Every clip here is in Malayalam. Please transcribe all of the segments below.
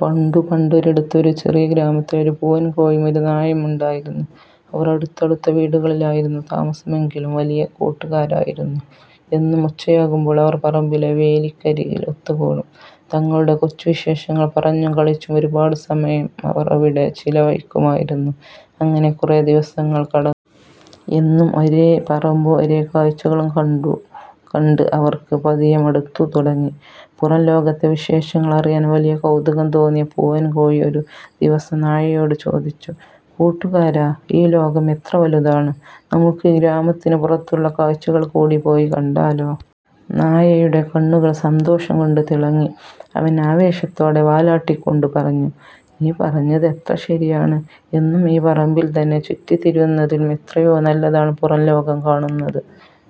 പണ്ടു പണ്ടൊരിടത്ത് ഒരു ചെറിയ ഗ്രാമത്തിൽ ഒരു പൂവൻകോഴിയും ഒരു നായയും ഉണ്ടായിരുന്നു. അവർ അടുത്തടുത്ത വീടുകളിലായിരുന്നു താമസമെങ്കിലും വലിയ കൂട്ടുകാരായിരുന്നു. എന്നും ഉച്ചയാകുമ്പോൾ അവർ പറമ്പിലെ വേലിക്കരികിൽ ഒത്തുകൂടും. തങ്ങളുടെ കൊച്ചു വിശേഷങ്ങൾ പറഞ്ഞും കളിച്ചും ഒരുപാട് സമയം അവർ അവിടെ ചിലവഴിക്കുമായിരുന്നു. അങ്ങനെ കുറെ ദിവസങ്ങൾ കടന്നുപോയി. എന്നും ഒരേ പറമ്പും ഒരേ കാഴ്ചകളും കണ്ടു കണ്ട് അവർക്ക് പതിയെ മടുത്തു തുടങ്ങി. പുറംലോകത്തെ വിശേഷങ്ങൾ അറിയാൻ വലിയ കൗതുകം തോന്നിയ പൂവൻകോഴി ഒരു ദിവസം നായയോട് ചോദിച്ചു: "കൂട്ടുകാരാ, ഈ ലോകം എത്ര വലുതാണ്! നമുക്ക് ഈ ഗ്രാമത്തിന് പുറത്തുള്ള കാഴ്ചകൾ കൂടി പോയി കണ്ടാലോ? " നായയുടെ കണ്ണുകൾ സന്തോഷം കൊണ്ട് തിളങ്ങി. അവൻ ആവേശത്തോടെ വാലാട്ടിക്കൊണ്ട് പറഞ്ഞു: "നീ പറഞ്ഞത് എത്ര ശരിയാണ്! എന്നും ഈ പറമ്പിൽ തന്നെ ചുറ്റിത്തിരിയുന്നതിലും എത്രയോ നല്ലതാണ് പുറംലോകം കാണുന്നത്.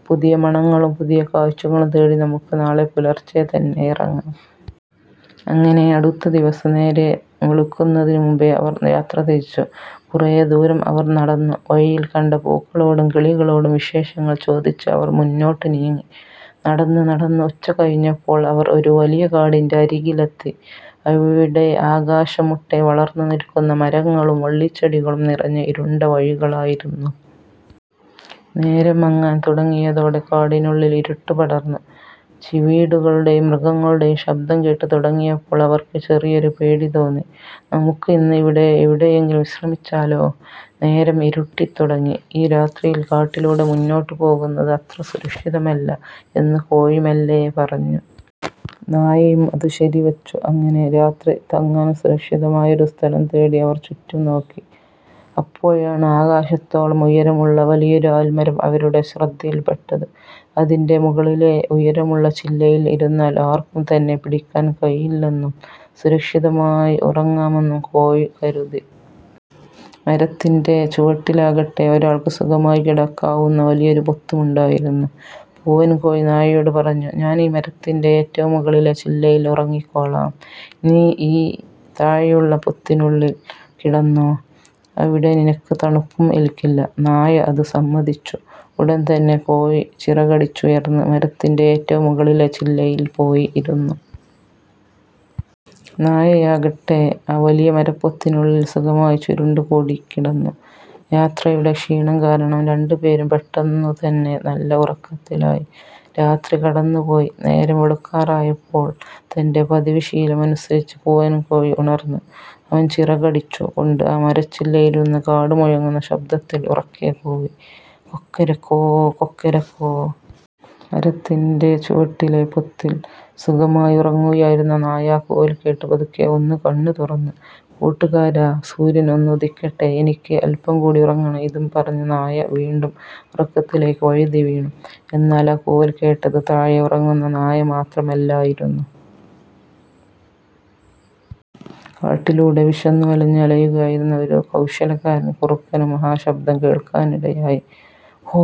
പുതിയ മണങ്ങളും പുതിയ കാഴ്ചകളും തേടി നമുക്ക് നാളെ പുലർച്ചെ തന്നെ ഇറങ്ങാം! " അങ്ങനെ അടുത്ത ദിവസം നേരം വെളുക്കുന്നതിന് മുൻപേ അവർ യാത്ര തിരിച്ചു. കുറെ ദൂരം അവർ നടന്നു. വഴിയിൽ കണ്ട പൂക്കളോടും കിളികളോടും വിശേഷങ്ങൾ ചോദിച്ച് അവർ മുന്നോട്ട് നീങ്ങി. നടന്ന് നടന്ന് ഉച്ച കഴിഞ്ഞപ്പോൾ അവർ ഒരു വലിയ കാടിന്റെ അരികിലെത്തി. അവിടെ ആകാശം മുട്ടെ വളർന്നു നിൽക്കുന്ന മരങ്ങളും വള്ളിച്ചെടികളും നിറഞ്ഞ ഇരുണ്ട വഴികളായിരുന്നു. നേരം മങ്ങാൻ തുടങ്ങിയതോടെ കാടിനുള്ളിൽ ഇരുട്ട് പടർന്നു. ചീവീടുകളുടെയും മൃഗങ്ങളുടെയും ശബ്ദം കേട്ട് തുടങ്ങിയപ്പോൾ അവർക്ക് ചെറിയൊരു പേടി തോന്നി. "നമുക്ക് ഇന്ന് ഇവിടെ എവിടെയെങ്കിലും വിശ്രമിച്ചാലോ? നേരം ഇരുട്ടിത്തുടങ്ങി, ഈ രാത്രിയിൽ കാട്ടിലൂടെ മുന്നോട്ട് പോകുന്നത് അത്ര സുരക്ഷിതമല്ല," എന്ന് കോഴി മെല്ലെ പറഞ്ഞു. നായയും അത് ശരിവച്ചു. അങ്ങനെ രാത്രി തങ്ങാൻ സുരക്ഷിതമായ ഒരു സ്ഥലം തേടി അവർ ചുറ്റും നോക്കി. അപ്പോഴാണ് ആകാശത്തോളം ഉയരമുള്ള വലിയൊരു ആൽമരം അവരുടെ ശ്രദ്ധയിൽപ്പെട്ടത്. അതിന്റെ മുകളിലെ ഉയരമുള്ള ചില്ലയിൽ ഇരുന്നാൽ ആർക്കും തന്നെ പിടിക്കാൻ കഴിയില്ലെന്നും സുരക്ഷിതമായി ഉറങ്ങാമെന്നും കോഴി കരുതി. മരത്തിന്റെ ചുവട്ടിലാകട്ടെ, ഒരാൾക്ക് സുഖമായി കിടക്കാവുന്ന വലിയൊരു പൊത്തുമുണ്ടായിരുന്നു. പൂവൻകോഴി നായയോട് പറഞ്ഞു, "ഞാൻ ഈ മരത്തിന്റെ ഏറ്റവും മുകളിലെ ചില്ലയിൽ ഉറങ്ങിക്കോളാം. നീ ഈ താഴെയുള്ള പൊത്തിനുള്ളിൽ കിടന്നോ, അവിടെ നിനക്ക് തണുപ്പും ഏൽക്കില്ല. " നായ അത് സമ്മതിച്ചു. ഉടൻ തന്നെ കോഴി ചിറകടിച്ചുയർന്ന് മരത്തിന്റെ ഏറ്റവും മുകളിലെ ചില്ലയിൽ പോയി ഇരുന്നു. നായയാകട്ടെ, ആ വലിയ മരപ്പൊത്തിനുള്ളിൽ സുഖമായി ചുരുണ്ടുകൂടി കിടന്നു. യാത്രയുടെ ക്ഷീണം കാരണം രണ്ടുപേരും പെട്ടെന്നുതന്നെ നല്ല ഉറക്കത്തിലായി. രാത്രി കടന്നുപോയി. നേരം വെളുക്കാറായപ്പോൾ, തന്റെ പതിവ് ശീലമനുസരിച്ച് പൂവൻകോഴി ഉണർന്നു. അവൻ ചിറകടിച്ചു കൊണ്ട് ആ മരച്ചില്ലയിലിരുന്ന് കാട് മുഴങ്ങുന്ന ശബ്ദത്തിൽ ഉറക്കെ കൂവി: "കൊക്കരക്കോ… കൊക്കരക്കോ…! '" മരത്തിന്റെ ചുവട്ടിലെ പൊത്തിൽ സുഖമായി ഉറങ്ങുകയായിരുന്ന നായ ആ കൂവൽ കേട്ട് പതുക്കെ ഒന്നു കണ്ണ് തുറന്നു. "കൂട്ടുകാരാ, സൂര്യൻ ഒന്ന് ഉദിക്കട്ടെ, എനിക്ക് അല്പം കൂടി ഉറങ്ങണം," ഇതും പറഞ്ഞ് നായ വീണ്ടും ഉറക്കത്തിലേക്ക് വഴുതിവീണു. എന്നാൽ ആ കൂവൽ കേട്ടത് താഴെ ഉറങ്ങുന്ന നായ മാത്രമല്ലായിരുന്നു. കാട്ടിലൂടെ വിശന്നു വലഞ്ഞ് അലയുകയായിരുന്ന ഒരു കൗശലക്കാരൻ കുറുക്കനും ആ ശബ്ദം കേൾക്കാനിടയായി. 'ഹോ!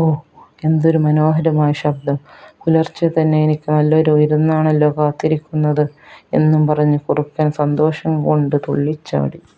എന്തൊരു മനോഹരമായ ശബ്ദം! പുലർച്ചെ തന്നെ എനിക്ക് നല്ലൊരു വിരുന്നാണല്ലോ കാത്തിരിക്കുന്നത്! ' എന്നും പറഞ്ഞ് കുറുക്കൻ സന്തോഷം കൊണ്ട് തുള്ളിച്ചാടി.